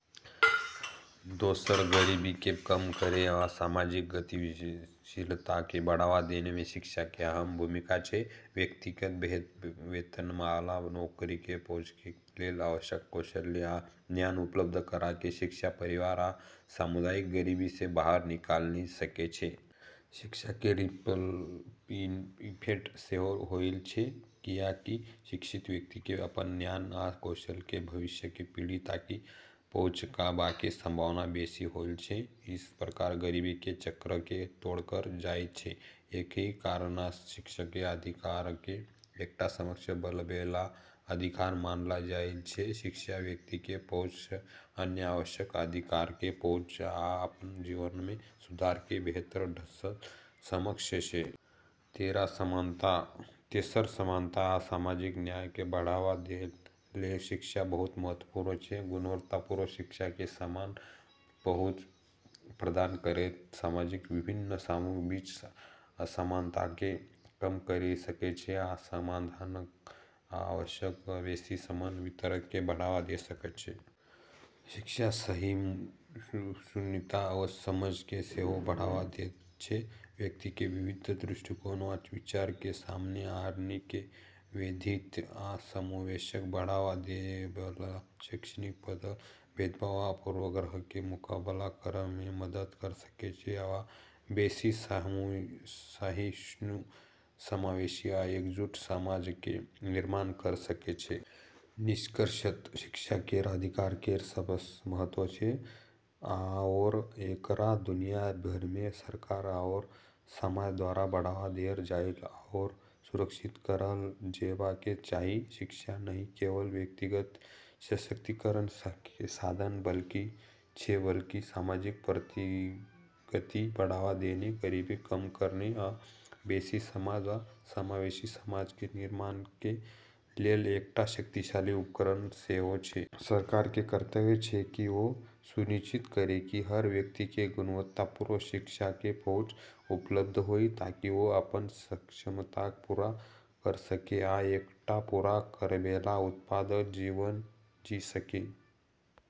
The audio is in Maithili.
दोसर, गरीबीके कम करै आ सामाजिक गतिशीलताके बढ़ावा दैमे शिक्षाके अहम भूमिका छै। व्यक्तिके बेहतर वेतनबला नौकरीके पहुँचके लेल आवश्यक कौशल आ ज्ञान उपलब्ध कराके शिक्षा परिवार आ समुदायके गरीबी सँ बाहर निकालि सकै छै। शिक्षाके रिपल इफेक्ट सेहो होइत छै, कियाकि शिक्षित व्यक्तिके अपन ज्ञान आ कौशलके भविष्यके पीढ़ि तक पहुँचेबाके संभावना बेशी होइत छै, अइ प्रकार गरीबीके चक्रके तोड़ल जाइत छै। एही कारणसँ शिक्षाके अधिकारके एकटा सक्षम बनबैबला अधिकार मानल जाइत छै शिक्षा, व्यक्तिके पहुँच सँ अन्य आवश्यक अधिकारके पहुँच आ अपन जीवनमे सुधारके बेहतर ढङ्गसँ सक्षम छै। तेसर, समानता आ सामाजिक न्यायके बढ़ावा दैके लेल शिक्षा बहुत महत्वपूर्ण छै। गुणवत्तापूर्ण शिक्षाके समान पहुँच प्रदान करैत समाजक विभिन्न समूहके बीच असमानताके कम करि सकै छै, आ संसाधनक आ अवसरक बेशी समान वितरणके बढ़ावा द' सकै छै। शिक्षा सहिष्णुता आ समझके सेहो बढ़ावा दैत छै, व्यक्तिके विविध दृष्टिकोण आ विचारके सामने आनिकेँ । वैविध्य आ समावेशके बढ़ावा दैबैबला शैक्षिक पहल भेदभाव आ पूर्वाग्रहके मुकाबला करैमे मदद करि सकै छै, आ बेशी सहिष्णु, समावेशी आ एकजुट समाजके निर्माण करि सकै छै। निष्कर्षतः शिक्षा केर अधिकार केर सबसँ महत्व छै, आओर एकरा दुनिया भरिमे सरकार आओर समाज द्वारा बढ़ावा देल जाइ आओर सुरक्षित करल जेबाके चाही। शिक्षा नहि केवल व्यक्तिगत सशक्तिकरणके साधन छै बल्कि सामाजिक प्रगतिके बढ़ावा देबै, गरीबीके कम करै, आ बेशी समान आ समावेशी समाजके निर्माणके लेल एकटा शक्तिशाली उपकरण सेहो छै। सरकारके कर्तव्य छै कि ओ ई सुनिश्चित करै कि हर व्यक्तिके गुणवत्तापूर्ण शिक्षाके पहुँच उपलब्ध होइ, ताकि ओ अपन क्षमताके पूरा करि सकै आ एकटा पूरा करैबला, उत्पादक जीवन जी सकै ।